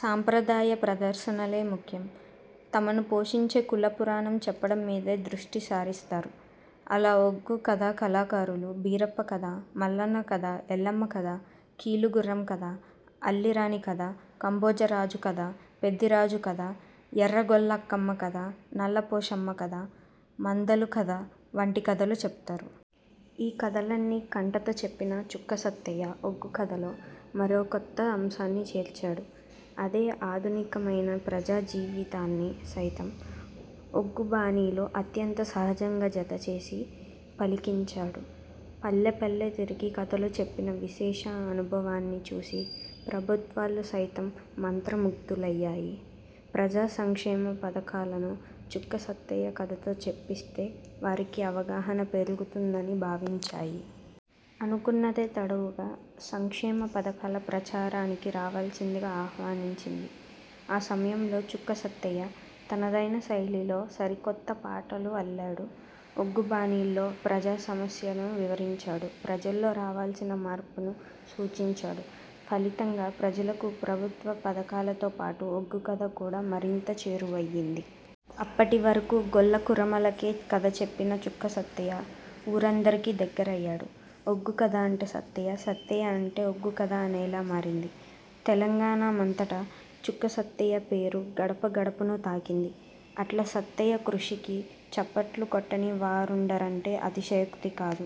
సంప్రదాయ ప్రదర్శనలే ముఖ్యం. తమను పోషించే కులపురాణం చెప్పడం మీదే దృష్టి సారిస్తారు. అలా ఒగ్గు కథ కళాకారులు బీరప్ప కథ, మల్లన్న కథ, ఎల్లమ్మ కథ, కీలుగుర్రం కథ, అల్లిరాణి కథ, కాంబోజరాజు కథ, పెద్దిరాజు కథ, ఎర్రగొల్ల అక్కమ్మ కథ, నల్లపోషమ్మ కథ, మాందాలు కథ వంటి కథలు చెప్తారు. ఈ కథలన్ని కంఠతా చెప్పిన చుక్క సత్తయ్య ఒగ్గుకథలో మరోకొత్త అంశాన్ని చేర్చాడు. అదే ఆధునికమైన ప్రజా జీవితాన్ని సైతం ఒగ్గు బాణీలో అత్యంత సహజంగా జతచేసి పలికించాడు. పల్లెపల్లె తిరిగి కథలు చెప్పిన విశేష అనుభవాన్ని చూసి, ప్రభుత్వాలు సైతం మంత్ర ముగ్ధులయ్యాయి. ప్రజాసంక్షేమ పథకాలను చుక్క సత్తయ్య కథలో చెప్పిస్తే, వారికి అవగాహన పెరుగుతుందని భావించాయి. అనుకున్నదే తడవుగా సంక్షేమ పథకాల ప్రచారానికి రావాల్సిందిగా ఆహ్వానించింది. ఆ సమయంలో చుక్క సత్తయ్య తన దైన శైలిలో సరికొత్త పాటలు అల్లాడు. ఒగ్గు బాణీల్లో ప్రజా సమస్యను వివరించాడు. ప్రజల్లో రావాల్సిన మార్పును సూచించాడు. ఫలితంగా ప్రజలకు ప్రభుత్వ పథకాలతో పాటు ఒగ్గుకథ కూడా మరింత చేరువయ్యింది. అప్పటి వరకు గొల్లకురమలకే కథ చెప్పిన చుక్క సత్తయ్య ఊరందరికీ దగ్గరయ్యాడు. ఒగ్గు కథ అంటే సత్తయ్య, సత్తయ్య అంటే ఒగ్గుకథ అనేలా మారింది. తెలంగాణ మంతటా చుక్క సత్తయ్య పేరు గడప గడపను తాకింది. అట్లా సత్తయ్య కృషికి చప్పట్లు కొట్టని వారుండరంటే అతి శయోక్తి కాదు.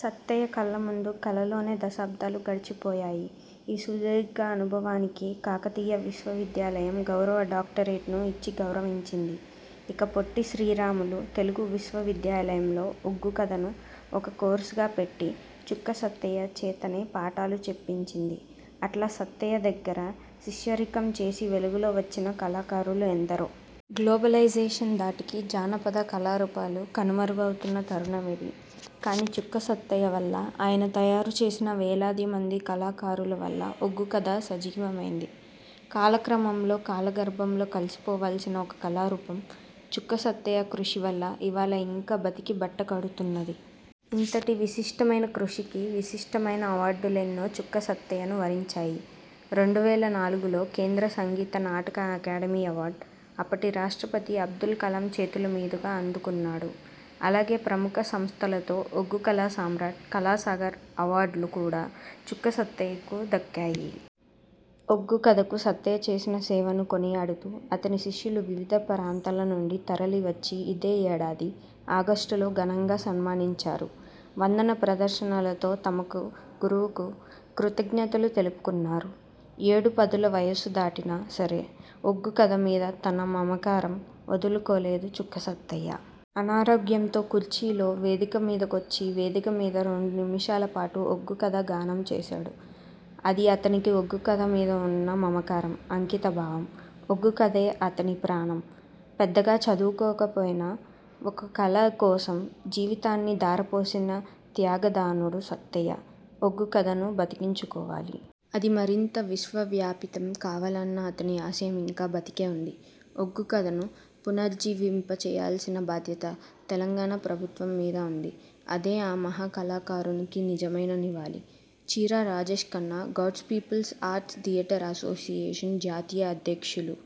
సత్తయ్య కళ్ల ముందు కళలోనే దశాబ్దాలు గడిచిపోయాయి. ఈ సుదీర్ఘ అనుభవానికి కాకతీయ విశ్వవిద్యాలయం గౌరవ డాక్టరేటుని ఇచ్చి గౌరవించింది. ఇక పొట్టి శ్రీరాములు తెలుగు విశ్వవిద్యాలయంలో ఒగ్గు కథను ఒక కోర్సుగా పెట్టి, చుక్క సత్తయ్య చేతనే పాఠాలు చెప్పించింది. అట్లా సత్తయ్య దగ్గర శిష్యరికం చేసి వెలుగులోకి వచ్చిన కళాకారులు ఎందరో. గ్లోబలైజేషన్ ధాటికి జానపద కళారూపాలు కనుమరుగవుతున్న తరుణం ఇది. కానీ, చుక్క సత్తయ్య వల్ల, ఆయన తయారు చేసిన వేలాది మంది కళా కారుల వల్ల ఒగ్గు కథ సజీవమైంది. కాల క్రమంలో కాల గర్భంలో కలిసిపోవాల్సిన ఒక కళారూపం, చుక్క సత్తయ్య కృషి వల్ల ఇవాళ ఇంకా బతికి బట్ట కడుతున్నది. ఇంతటి విశిష్టమైన కృషికి విశిష్టమైన అవార్డులెన్నో చుక్క సత్తయ్యను వరించాయి. రెండు వేల నాలుగులో కేంద్ర సంగీత నాటక అకాడెమి అవార్డు, అప్పటి రాష్ట్రపతి అబ్దుల్ కలాం చేతుల మీదుగా అందుకున్నాడు. అలాగే ప్రముఖ సంస్థలతో ఒగ్గు కళా సమ్రాట్, కళాసాగర్ అవార్డులు కూడా చుక్క సత్తయ్యకు దక్కాయి. ఒగ్గుకథకు సత్తయ్య చేసిన సేవను కొనియాడుతూ, అతని శిష్యులు వివిధ ప్రాంతాల నుండి తరలచ్చి ఇదే యేడాది ఆగష్టులో ఘనంగా సన్మానించారు. వందన ప్రదర్శనలతో తమకు గురువుకు కృతజ్ఞతలు తెలుపుకున్నారు. ఏడుపదుల వయసు దాటినా సరే ఒగ్గు కథ మీద తన మమకారం వదులుకోలేదు చుక్క సత్తయ్య. అనారోగ్యంతో కుర్చీలో వేదిక మీదికొచ్చి వేదిక మీద రెండు నిమిషాల పాటు ఒగ్గుకథ గానం చేశాడు. అదీ అతనికి ఒగ్గు కథ మీదున్న మమకారం. అంకితభావం. ఒగ్గుకథే అతని ప్రాణం. పెద్దగా చదువుకోకపోయినా ఒక కళ కోసం జీవితాన్ని ధారపోసిన త్యాగధనుడు సత్తయ్య. ఒగ్గుకథను బతికించుకోవాలి. అది మరింత విశ్వవ్యాపితం కావాలన్న అతని ఆశయం ఇంకా బతికే ఉంది. ఒగ్గు కథను పునర్జీవింప చేయాల్సిన బాధ్యత తెలంగాణ ప్రభుత్వం మీద ఉంది. అదే ఆ మహా కళాకారునికి నిజమైన నివాళి. Chirra Rajesh Khanna Goud peoples arts theatre association జాతీయ అధ్యక్షులు